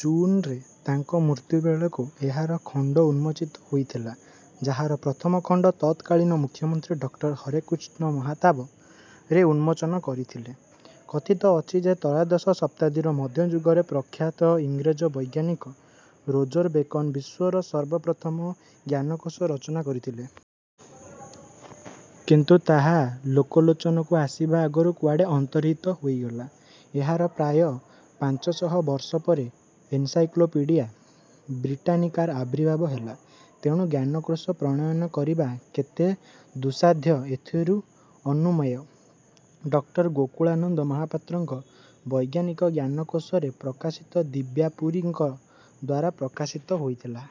ଜୁନ ରେ ତାଙ୍କ ମୃତ୍ୟୁବେଳକୁ ଏହାର ଖଣ୍ଡ ଉନ୍ମୋଚିତ ହୋଇଥିଲା, ଯାହାର ପ୍ରଥମ ଖଣ୍ଡ ତତ୍କାଳୀନ ମୁଖ୍ୟମନ୍ତ୍ରୀ ଡକଟର ହରେକୃଷ୍ଣ ମହାତାବ. ରେ ଉନ୍ମୋଚନ କରିଥିଲେ। କଥିତ ଅଛି ଯେ ତ୍ରୟୋଦଶ ଶତାବ୍ଦୀରେ ମଧ୍ୟଯୁଗର ପ୍ରଖ୍ୟାତ ଇଂରେଜ ବୈଜ୍ଞାନିକ ରୋଜର ବେକନ ବିଶ୍ୱର ସର୍ବ ପ୍ରଥମ ଜ୍ଞାନକୋଷ ରଚନା କରିଥିଲେ। କିନ୍ତୁ ତାହା ଲୋକଲୋଚନକୁ ଆସିବା ଆଗରୁ କୁଆଡେ଼ ଅନ୍ତର୍ହିତ ହୋଇଗଲା। ଏହାର ପ୍ରାୟ ପାଞ୍ଚ ଶହ ବର୍ଷ ପରେ ଏନସାଇକ୍ଲୋପିଡ଼ିଆ ବ୍ରିଟାନିକାର ଆବିର୍ଭାବ ହେଲା। ତେଣୁ ଜ୍ଞାନକୋଷ ପ୍ରଣୟନ କରିବା କେତେ ଦୁଃସାଧ୍ୟ -ଏଥିରୁ ଅନୁମୟେ। ଡକ୍ଟର ଗୋକୁଳାନନ୍ଦ ମହାପାତ୍ରଙ୍କ ବୈଜ୍ଞାନିକ ଜ୍ଞାନକୋଷ ରେ ପ୍ରକାଶକ ବିଦ୍ୟାପୁରୀ ଙ୍କଦ୍ୱାରା ପ୍ରକାଶିତ ହେଇଥିଲା।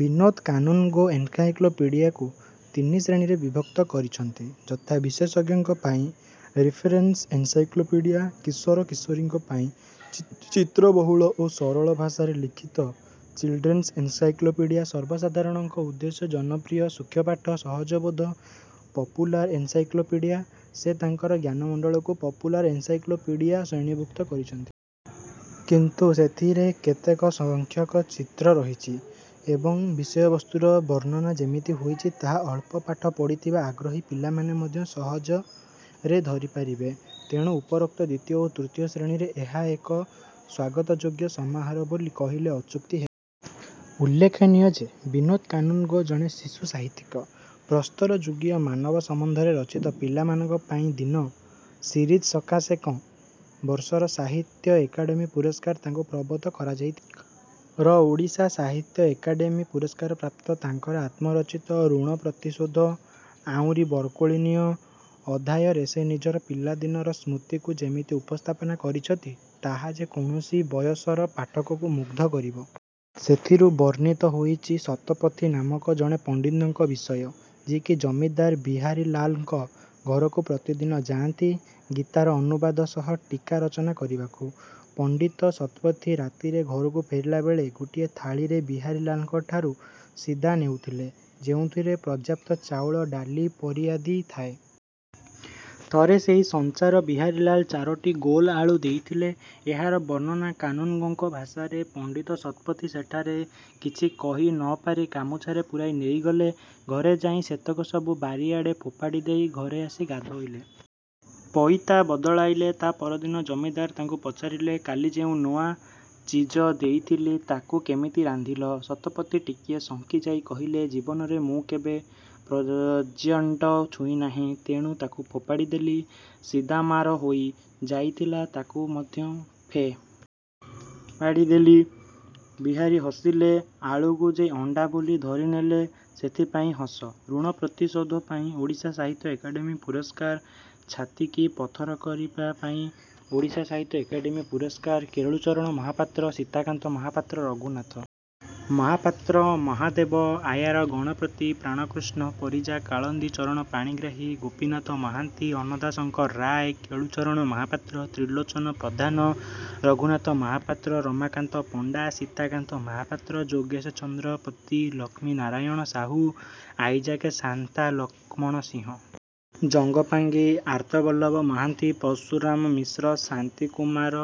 ବିନୋଦ କାନୁନଗୋ ଏନସାଇକ୍ଲୋପିଡ଼ିଆକୁ ତିନି ଶ୍ରେଣୀରେ ବିଭକ୍ତ କରିଛନ୍ତି। ଯଥା: ବିଶେଷଜ୍ଞଙ୍କ ପାଇଁ ରିଫେରେନସ ଏନସାଇକ୍ଲୋପିଡ଼ିଆ କିଶୋର କିଶୋରୀଙ୍କ ପାଇଁ ଚିତ୍ରବହୁଳ ଓ ସରଳ ଭାଷାରେ ଲିଖିତ ଚିଲ୍ଡରେନ୍ସ ଏନସାଇକ୍ଲୋପିଡ଼ିଆ ସର୍ବସାଧାରଣଙ୍କ ଉଦ୍ଦେଶ୍ୟରେ ଜନପ୍ରିୟ, ସୁଖପାଠ୍ୟ, ସହଜବୋଧ୍ୟ ପପୁଲାର ଏନସାକ୍ଲୋପିଡ଼ିଆ। ସେ ତାଙ୍କ ଜ୍ଞାନମଣ୍ଡଳକୁ "ପପୁଲାର ଏନସାଇକ୍ଲୋପିଡ଼ିଆ" ଶ୍ରେଣୀଭୁକ୍ତ କରିଛନ୍ତି। କିନ୍ତୁ ସେଥିରେ ଯେତେ ସଂଖ୍ୟକ ଚିତ୍ର ରହିଛି ଏବଂ ବିଷୟବସ୍ତୁର ବର୍ଣ୍ଣନା ଯେମିତି ହୋଇଛି, ତାହା ଅଳ୍ପ ପାଠ ପଢ଼ିଥିବା ଆଗ୍ରହୀ ପିଲାମାନେ ମଧ୍ୟ ସହଜରେ ଧରିପାରିବେ। ତେଣୁ ଉପରୋକ୍ତ ଦ୍ୱିତୀୟ ଓ ତୃତୀୟ ଶ୍ରେଣୀର ଏହା ଏକ ସ୍ୱାଗତଯୋଗ୍ୟ ସମାହାର ବୋଲି କହିଲେ ଅତ୍ୟୁକ୍ତି ହେବନାହିଁ। ଉଲ୍ଲେଖନୀୟ ଯେ ବିନୋଦ କାନୁନଗୋ ଜଣେ ଶିଶୁ ସାହିତ୍ୟିକ। ପ୍ରସ୍ତରଯୁଗୀୟ ମାନବ ସମ୍ବନ୍ଧରେ ରଚିତ "ପିଲାମାନଙ୍କ ପାଇଁ ଦିନ "ସିରିଜ ସକାଶେ ଙ୍କ ବର୍ଷର ଓଡ଼ିଶା ସାହିତ୍ୟ ଏକାଡେ଼ମୀ ପୁରସ୍କାର ତାଙ୍କୁ ପ୍ରଦତ୍ତ କରାଯାଇଥିଲା। ର ଓଡ଼ିଶା ସାହିତ୍ୟ ଏକାଡେ଼ମୀ ପୁରସ୍କାରପ୍ରାପ୍ତ ତାଙ୍କର ଆତ୍ମଚରିତ "ଋଣ ପରିଶୋଧ", "ଆଉରି ବରକୋଳି ନିଅ" ଅଧ୍ୟାୟରେ ସେ ନିଜର ପିଲାଦିନର ସ୍ମୃତିକୁ ଯେମିତି ଉପସ୍ଥାପନ କରିଛନ୍ତି, ତାହା ଯେ କୌଣସି ବୟସର ପାଠକକୁ ମୁଗ୍ଧ କରିବ। ସେଥିରେ ବର୍ଣ୍ଣିତ ହୋଇଛି ଶତପଥୀ ନାମକ ଜଣେ ପଣ୍ଡିତଙ୍କ ବିଷୟ, ଯିଏକି ଜମିଦାର ବିହାରୀଲାଲଙ୍କ ଘରକୁ ପ୍ରତିଦିନ ଯାଆନ୍ତି ଗୀତାର ଅନୁବାଦ ସହ ଟୀକା ରଚନା କରିବାକୁ। ପଣ୍ଡିତ ଶତପଥୀ ରାତିରେ ଘରକୁ ଫେରିବା ବେଳେ ଗୋଟିଏ ଥାଳିରେ ବିହାରୀଲାଲଙ୍କଠାରୁ ସିଦା ନେଉଥିଲେ, ଯେଉଁଥିରେ ପର୍ଯ୍ୟାପ୍ତ ଚାଉଳ, ଡାଲି, ପରିବାଦି ଥାଏ। ଥରେ ସେଇ ସଞ୍ଚାରେ ବିହାରୀଲାଲ ଚାରୋଟି ଗୋଲ ଆଳୁ ଦେଇଥିଲେ। ଏହାର ବର୍ଣ୍ଣନା କାନୁନଗୋଙ୍କ ଭାଷାରେ, "ପଣ୍ଡିତ ଶତପଥୀ" ସେଠାରେ କିଛି କହି ନ ପାରି ଗାମୁଚ୍ଛାରେ ପୂରାଇ ନେଇଗଲେ। ଘରେ ଯାଇ ସେତକ ସବୁ ବାରିଆଡେ଼ ଫେ। ପାଡ଼ି ଦେଇ ଘରେ ଆସି ଗାଧୋଇଲେ। ପଇତା ବଦଳାଇଲେ ତା' ପରଦିନ ଜମିଦାର ତାଙ୍କୁ ପଚାରିଲେ, "କାଲି ଯେଉଁ ନୂଆ ଚିଜ ଦେଇଥିଲି ତାକୁ କେମିତି ରନ୍ଧିଲ? " ଶତପଥୀ ଟିକିଏ ଶଙ୍କି ଯାଇ କହିଲେ, "ଜୀବନରେ ମୁଁ କେବେ ପକ୍ଷ୍ୟଣ୍ଡ ଛୁଇଁ ନାହିଁ। ତେଣୁ ତାକୁ ଫେ। ପାଡ଼ି ଦେଲି। ସିଦା ମାରା ହୋଇ ଯାଇଥିଲା ବୋଲି ତାକୁ ମଧ୍ୟ ଫେ। ପାଡ଼ି ଦେଲି। " ବିହାରୀ ହସିଲେ "ଆଳୁକୁ ଯେ ଅଣ୍ଡା ବୋଲି ଧରିନେଲେ ସେଥିପାଇଁ ହସ। " ଋଣ ପରିଶୋଧ ପାଇଁ ଓଡ଼ିଶା ସାହିତ୍ୟ ଏକାଡେମୀ ପୁରସ୍କାର ଛାତିକି ପଥର କରି ପାଇଁ ଓଡ଼ିଶା ସାହିତ୍ୟ ଏକାଡେମୀ ପୁରସ୍କାର, କେଳୁଚରଣ ମହାପାତ୍ର ସୀତାକାନ୍ତ ମହାପାତ୍ର ରଘୁନାଥ ମହାପାତ୍ର ମହାଦେବ ଆୟାର ଗଣପତି ପ୍ରାଣକୃଷ୍ଣ ପରିଜା କାଳିନ୍ଦୀ ଚରଣ ପାଣିଗ୍ରାହୀ ଗୋପୀନାଥ ମହାନ୍ତି ଅନ୍ନଦା ଶଙ୍କର ରାୟ କେଳୁଚରଣ ମହାପାତ୍ର ତ୍ରିଲୋଚନ ପ୍ରଧାନ ରଘୁନାଥ ମହାପାତ୍ର ରମାକାନ୍ତ ପଣ୍ଡା ସୀତାକାନ୍ତ ମହାପାତ୍ର ଯୋଗେଶ ଚନ୍ଦ୍ର ପତି ଲକ୍ଷ୍ମୀନାରାୟଣ ସାହୁ ଆଇଜାକ ସାନ୍ତ୍ରା ଲକ୍ଷ୍ମଣ ସିଂହ ଜଙ୍ଗପାଙ୍ଗି ଆର୍ତ୍ତବଲ୍ଲଭ ମହାନ୍ତି ପର୍ଶୁରାମ ମିଶ୍ର ଶାନ୍ତି କୁମାର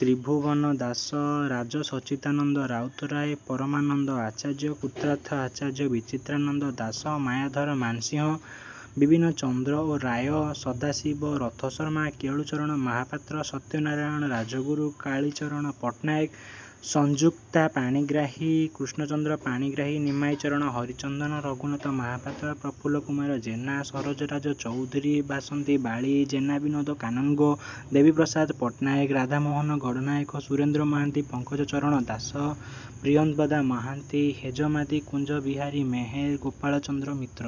ତ୍ରିଭୂବନଦାସ ରାଜ ସଚ୍ଚିଦାନନ୍ଦ ରାଉତରାୟ ପରମାନନ୍ଦ ଆଚାର୍ଯ୍ୟ କୃତାର୍ଥ ଆଚାର୍ଯ୍ୟ ବିଚିତ୍ରାନନ୍ଦ ଦାସ ମାୟାଧର ମାନସିଂହ ଅଭିନ୍ନ ଚନ୍ଦ୍ର ରାଓ ସଦାଶିବ ରଥଶର୍ମା କେଳୁଚରଣ ମହାପାତ୍ର ସତ୍ୟନାରାୟଣ ରାଜଗୁରୁ କାଳୀଚରଣ ପଟ୍ଟନାୟକ ସଂଯୁକ୍ତା ପାଣିଗ୍ରାହୀ କୃଷ୍ଣଚନ୍ଦ୍ର ପାଣିଗ୍ରାହୀ ନିମାଇଁ ଚରଣ ହରିଚନ୍ଦନ ରଘୁନାଥ ମହାପାତ୍ର ପ୍ରଫୁଲ୍ଲ କୁମାର ଜେନା ସରୋଜ ରାଜ ଚୌଧୁରୀ ବାସନ୍ତୀବାଳା ଜେନା ବିନୋଦ କାନୁନଗୋ ଦେବୀପ୍ରସନ୍ନ ପଟ୍ଟନାୟକ ରାଧାମୋହନ ଗଡ଼ନାୟକ ସୁରେନ୍ଦ୍ର ମହାନ୍ତି ପଙ୍କଜ ଚରଣ ଦାସ ପ୍ରିୟମ୍ବଦା ମହାନ୍ତି ହେଜମାଦି କୁଞ୍ଜ ବିହାରୀ ମେହେର ଗୋପାଳ ଚନ୍ଦ୍ର ମିତ୍ର।